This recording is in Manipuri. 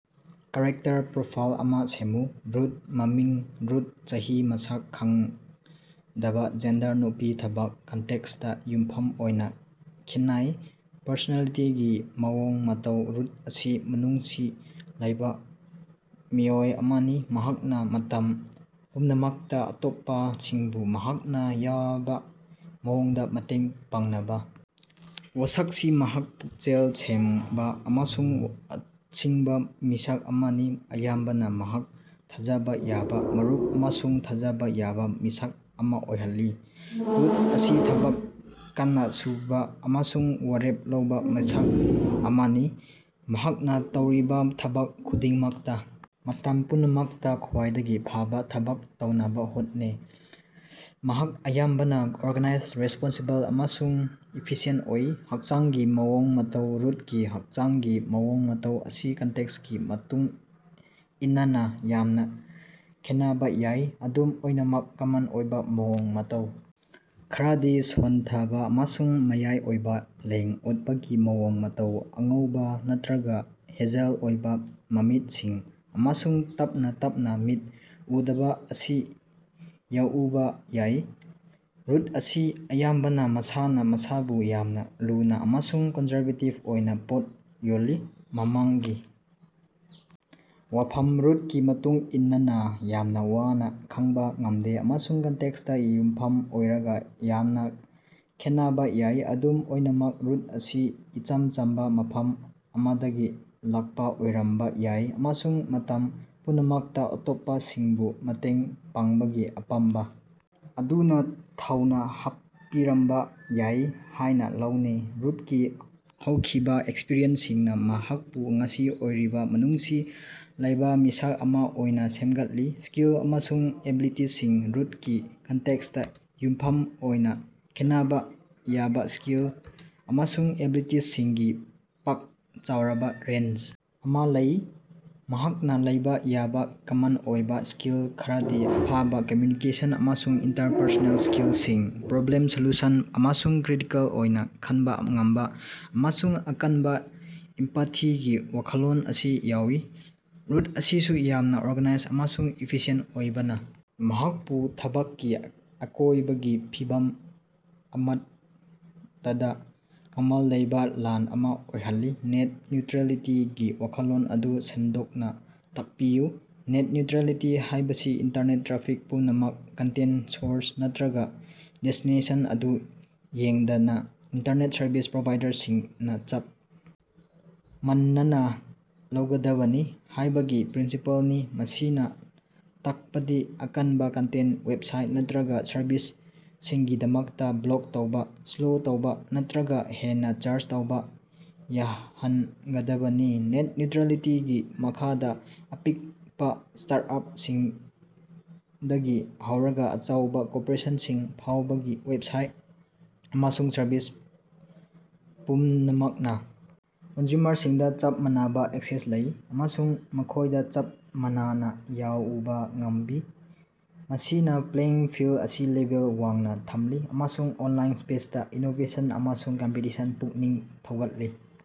ꯀꯦꯔꯦꯛꯇꯔ ꯄ꯭ꯔꯣꯐꯥꯏꯜ ꯑꯃ ꯁꯦꯝꯃꯨ꯫ ꯔꯨꯠ꯫ ꯃꯃꯤꯡ: ꯔꯨꯠ, ꯆꯍꯤ: ꯃꯁꯛ ꯈꯪꯗꯕꯥ, ꯖꯦꯟꯗꯔ: ꯅꯨꯄꯤ ,ꯊꯕꯛ: ꯀꯟꯇꯦꯛꯁꯇꯥ ꯌꯨꯝꯐꯝ ꯑꯣꯏꯅꯥ ꯈꯦꯠꯅꯩ ꯄꯔꯁꯣꯅꯦꯂꯤꯇꯤꯒꯤ ꯃꯑꯣꯡ-ꯃꯇꯧ: ꯔꯨꯠ ꯑꯁꯤ ꯃꯤꯅꯨꯡꯁꯤ ꯂꯩꯕꯥ ꯃꯤꯑꯣꯏ ꯑꯃꯅꯤ꯫ ꯃꯍꯥꯛꯅꯥ ꯃꯇꯝ ꯄꯨꯝꯅꯃꯛꯇꯥ ꯑꯇꯣꯞꯄꯁꯤꯡꯕꯨ ꯃꯍꯥꯛꯅ ꯌꯥꯕꯥ ꯃꯑꯣꯡꯗꯥ ꯃꯇꯦꯡ ꯄꯥꯡꯅꯕꯥ ꯋꯥꯁꯛꯁꯤ꯫ ꯃꯍꯥꯛ ꯄꯨꯛꯆꯦꯜ ꯁꯦꯡꯕꯥ ꯑꯃꯁꯨꯡ ꯑꯁꯤꯡꯕꯥ ꯃꯤꯁꯛ ꯑꯃꯅꯤ, ꯑꯌꯥꯝꯕꯅꯥ ꯃꯍꯥꯛ ꯊꯥꯖꯕꯥ ꯌꯥꯕꯥ ꯃꯔꯨꯞ ꯑꯃꯁꯨꯡ ꯊꯥꯖꯕꯥ ꯌꯥꯕꯥ ꯃꯤꯁꯛ ꯑꯃ ꯑꯣꯏꯍꯜꯂꯤ꯫ ꯔꯨꯠ ꯑꯁꯤ ꯊꯕꯛ ꯀꯟꯅꯥ ꯁꯨꯕꯥ ꯑꯃꯁꯨꯡ ꯋꯥꯔꯦꯞ ꯂꯧꯕꯥ ꯃꯤꯁꯛ ꯑꯃꯅꯤ, ꯃꯍꯥꯛꯅ ꯇꯧꯔꯤꯕꯥ ꯊꯕꯛ ꯈꯨꯗꯤꯡꯃꯛꯇꯥ ꯃꯇꯝ ꯄꯨꯝꯅꯃꯛꯇꯥ ꯈ꯭ꯋꯥꯏꯗꯒꯤ ꯐꯕꯥ ꯊꯕꯛ ꯇꯧꯅꯕꯥ ꯍꯣꯠꯅꯩ꯫ ꯃꯍꯥꯛ ꯑꯌꯥꯝꯕꯅꯥ ꯑꯣꯔꯒꯥꯅꯥꯏꯖ, ꯔꯦꯁꯄꯣꯟꯁꯤꯕꯜ ꯑꯃꯁꯨꯡ ꯏꯐꯤꯁꯤꯑꯦꯟ ꯑꯣꯏ꯫ ꯍꯛꯆꯥꯡꯒꯤ ꯃꯑꯣꯡ ꯃꯇꯧ: ꯔꯨꯠꯀꯤ ꯍꯛꯆꯥꯡꯒꯤ ꯃꯑꯣꯡ ꯃꯇꯧ ꯑꯁꯤ ꯀꯟꯇꯦꯛꯁꯀꯤ ꯃꯇꯨꯡ ꯏꯟꯅꯅꯥ ꯌꯥꯝꯅꯥ ꯈꯦꯠꯅꯕꯥ ꯌꯥꯏ꯫ ꯑꯗꯨꯝ ꯑꯣꯏꯅꯃꯛ, ꯀꯃꯟ ꯑꯣꯏꯕꯥ ꯃꯑꯣꯡ-ꯃꯇꯧ ꯈꯔꯗꯤ ꯁꯣꯟꯊꯕꯥ ꯑꯃꯁꯨꯡ ꯃꯌꯥꯏ ꯑꯣꯏꯕꯥ ꯂꯦꯡ-ꯑꯣꯠꯄꯒꯤ ꯃꯑꯣꯡ-ꯃꯇꯧ, ꯑꯉꯧꯕꯥ ꯅꯠꯇ꯭ꯔꯒꯥ ꯍꯦꯖꯜ ꯑꯣꯏꯕꯥ ꯃꯃꯤꯠꯁꯤꯡ ꯑꯃꯁꯨꯡ ꯇꯞꯅꯥ ꯇꯞꯅꯥ ꯃꯤꯠ ꯎꯗꯕꯥ ꯑꯁꯤ ꯌꯥꯎꯕ ꯌꯥꯏ꯫ ꯔꯨꯠ ꯑꯁꯤ ꯑꯌꯥꯝꯕꯅꯥ ꯃꯁꯥꯅꯥ ꯃꯁꯥꯕꯨ ꯌꯥꯝꯅ ꯂꯨꯅꯥ ꯑꯃꯁꯨꯡ ꯀꯟꯖꯔꯕꯦꯇꯤꯕ ꯑꯣꯏꯅ ꯄꯣꯠ ꯌꯣꯜꯂꯤ꯫ ꯃꯃꯥꯡꯒꯤ ꯋꯥꯐꯝ: ꯔꯨꯠꯀꯤ ꯃꯇꯨꯡ ꯏꯟꯅꯅꯥ ꯌꯥꯝꯅꯥ ꯋꯥꯅꯥ ꯈꯪꯕꯥ ꯉꯝꯗꯦ ꯑꯃꯁꯨꯡ ꯀꯟꯇꯦꯛꯁꯇꯥ ꯌꯨꯝꯐꯝ ꯑꯣꯏꯔꯒꯥ ꯌꯥꯝꯅꯥ ꯈꯦꯠꯅꯕꯥ ꯌꯥꯏ꯫ ꯑꯗꯨꯝ ꯑꯣꯏꯅꯃꯛ, ꯔꯨꯠ ꯑꯁꯤ ꯏꯆꯝ ꯆꯝꯕꯥ ꯃꯐꯝ ꯑꯃꯗꯒꯤ ꯂꯥꯛꯄꯥ ꯑꯣꯏꯔꯝꯕꯥ ꯌꯥꯏ ꯑꯃꯁꯨꯡ ꯃꯇꯝ ꯄꯨꯝꯅꯃꯛꯇꯥ ꯑꯇꯣꯞꯄꯁꯤꯡꯕꯨ ꯃꯇꯦꯡ ꯄꯥꯡꯕꯒꯤ ꯑꯄꯥꯝꯕꯥ ꯑꯗꯨꯅꯥ ꯊꯧꯅꯥ ꯍꯥꯞꯄꯤꯔꯝꯕꯥ ꯌꯥꯏ ꯍꯥꯏꯅ ꯂꯧꯅꯩ꯫ ꯔꯨꯠꯀꯤ ꯍꯧꯈꯤꯕꯥ ꯑꯦꯛꯁꯄꯔꯤꯌꯦꯟꯁꯁꯤꯡꯅꯥ ꯃꯍꯥꯛꯄꯨ ꯉꯁꯤ ꯑꯣꯏꯔꯤꯕꯥ ꯃꯅꯨꯡꯁꯤ ꯂꯩꯕꯥ ꯃꯤꯁꯛ ꯑꯃ ꯑꯣꯏꯅꯥ ꯁꯦꯝꯒꯠꯂꯤ꯫ ꯁ꯭ꯀꯤꯜ ꯑꯃꯁꯨꯡ ꯑꯦꯕꯤꯂꯤꯇꯤꯁꯤꯡ: ꯔꯨꯠꯀꯤ ꯀꯟꯇꯦꯛꯁꯇꯥ ꯌꯨꯝꯐꯝ ꯑꯣꯏꯅꯥ ꯈꯦꯠꯅꯕꯥ ꯌꯥꯕ ꯁ꯭ꯀꯤꯜ ꯑꯃꯁꯨꯡ ꯑꯦꯕꯤꯂꯤꯇꯤꯁꯤꯡꯒꯤ ꯄꯥꯛ-ꯆꯥꯎꯔꯕꯥ ꯔꯦꯟꯖ ꯑꯃ ꯂꯩ꯫ ꯃꯍꯥꯛꯅꯥ ꯂꯩꯕꯥ ꯌꯥꯕꯥ ꯀꯃꯟ ꯑꯣꯏꯕ ꯁ꯭ꯀꯤꯜ ꯈꯔꯗꯤ ꯑꯐꯕꯥ ꯀꯝꯃ꯭ꯌꯨꯅꯤꯀꯦꯁꯟ ꯑꯃꯁꯨꯡ ꯏꯟꯇꯔꯄꯔꯁꯣꯅꯦꯜ ꯁ꯭ꯀꯤꯜꯁꯤꯡ, ꯄ꯭ꯔꯣꯕ꯭ꯂꯦꯝ-ꯁꯣꯜꯌꯨꯁꯟ ꯑꯃꯁꯨꯡ ꯀ꯭ꯔꯤꯇꯤꯀꯦꯜ ꯑꯣꯏꯅ ꯈꯟꯕꯥ ꯉꯝꯕꯥ, ꯑꯃꯁꯨꯡ ꯑꯀꯟꯕꯥ ꯏꯝꯄꯥꯊꯤꯒꯤ ꯋꯥꯈꯜꯂꯣꯟ ꯑꯁꯤ ꯌꯥꯎꯏ꯫ ꯔꯨꯠ ꯑꯁꯤꯁꯨ ꯌꯥꯝꯅꯥ ꯑꯣꯔꯒꯅꯥꯏꯖ ꯑꯃꯁꯨꯡ ꯏꯐꯤꯁꯤꯌꯦꯟ ꯑꯣꯏꯕꯅꯥ ꯃꯍꯥꯛꯄꯨ ꯊꯕꯛꯀꯤ ꯑꯀꯣꯏꯕꯒꯤ ꯐꯤꯚꯝ ꯑꯃꯠꯇꯗꯥ ꯃꯃꯜ ꯂꯩꯕꯥ ꯂꯥꯟ ꯑꯃ ꯑꯣꯏꯍꯜꯂꯤ꯫ ꯅꯦꯠ ꯅ꯭ꯌꯨꯇ꯭ꯔꯦꯂꯤꯇꯤꯒꯤ ꯋꯥꯈꯜꯂꯣꯟ ꯑꯗꯨ ꯁꯟꯗꯣꯛꯅꯥ ꯇꯥꯛꯄꯤꯌꯨ꯫ ꯅꯦꯠ ꯅ꯭ꯌꯨꯇ꯭ꯔꯦꯂꯤꯇꯤ ꯍꯥꯏꯕꯁꯤ ꯏꯟꯇꯔꯅꯦꯠ ꯇ꯭ꯔꯥꯐꯤꯛ ꯄꯨꯝꯅꯃꯛ ꯀꯟꯇꯦꯟ, ꯁꯣꯔꯁ, ꯅꯠꯇ꯭ꯔꯒꯥ ꯗꯦꯁꯇꯤꯅꯦꯁꯟ ꯑꯗꯨ ꯌꯦꯡꯗꯅꯥ ꯏꯟꯇꯔꯅꯦꯠ ꯁꯔꯚꯤꯁ ꯄ꯭ꯔꯣꯚꯥꯏꯗꯔꯁꯤꯡ ꯅꯥ ꯆꯞ ꯃꯥꯟꯅꯅꯥ ꯂꯧꯒꯗꯕꯅꯤ ꯍꯥꯏꯕꯒꯤ ꯄ꯭ꯔꯤꯟꯁꯤꯄꯜꯅꯤ꯫ ꯃꯁꯤꯅꯥ ꯇꯥꯛꯄꯗꯤ ꯑꯀꯟꯕꯥ ꯀꯟꯇꯦꯟ, ꯋꯦꯕꯁꯥꯏꯠ ꯅꯠꯇ꯭ꯔꯒꯥ ꯁꯔꯚꯤꯁꯁꯤꯡꯒꯤꯗꯃꯛꯇꯥ ꯕ꯭ꯂꯣꯛ ꯇꯧꯕꯥ, ꯁ꯭ꯂꯣ ꯇꯧꯕꯥ ꯅꯠꯇ꯭ꯔꯒꯥ ꯍꯦꯟꯅꯥ ꯆꯥꯔꯖ ꯇꯧꯕꯥ ꯌꯥꯍꯟꯒꯗꯕꯅꯤ꯫ ꯅꯦꯠ ꯅ꯭ꯌꯨꯇ꯭ꯔꯦꯂꯤꯇꯤꯒꯤ ꯃꯈꯥꯗꯥ, ꯑꯄꯤꯛꯄꯥ ꯁ꯭ꯇꯥꯔꯠꯑꯞꯁꯤꯡꯗꯒꯤ ꯍꯧꯔꯒꯥ ꯑꯆꯧꯕꯥ ꯀꯣꯔꯄꯣꯔꯦꯁꯟꯁꯤꯡ ꯐꯥꯎꯕꯒꯤ ꯋꯦꯕꯁꯥꯏꯠ ꯑꯃꯁꯨꯡ ꯁꯔꯚꯤꯁ ꯄꯨꯝꯅꯃꯛꯅꯥ ꯀꯟꯖꯨꯃꯔꯁꯤꯡꯗꯥ ꯆꯞ ꯃꯥꯟꯅꯕꯥ ꯑꯦꯛꯁꯦꯁ ꯂꯩ ꯑꯃꯁꯨꯡ ꯃꯈꯣꯏꯗꯥ ꯆꯞ ꯃꯥꯟꯅꯅꯥ ꯌꯥꯎꯕꯥ ꯉꯝꯃꯤ꯫ ꯃꯁꯤꯅꯥ ꯄ꯭ꯂꯦꯌꯤꯡ ꯐꯤꯜꯑꯁꯤ ꯂꯦꯚꯦꯜ ꯋꯥꯡꯅꯥ ꯊꯝꯂꯤ ꯑꯃꯁꯨꯡ ꯑꯣꯟꯂꯥꯏꯟ ꯁ꯭ꯄꯦꯁꯇꯥ ꯏꯅꯣꯕꯦꯁꯟ ꯑꯃꯁꯨꯡ ꯀꯝꯄꯤꯇꯤꯁꯟ ꯄꯨꯛꯅꯤꯡ ꯊꯧꯒꯠꯂꯤ꯫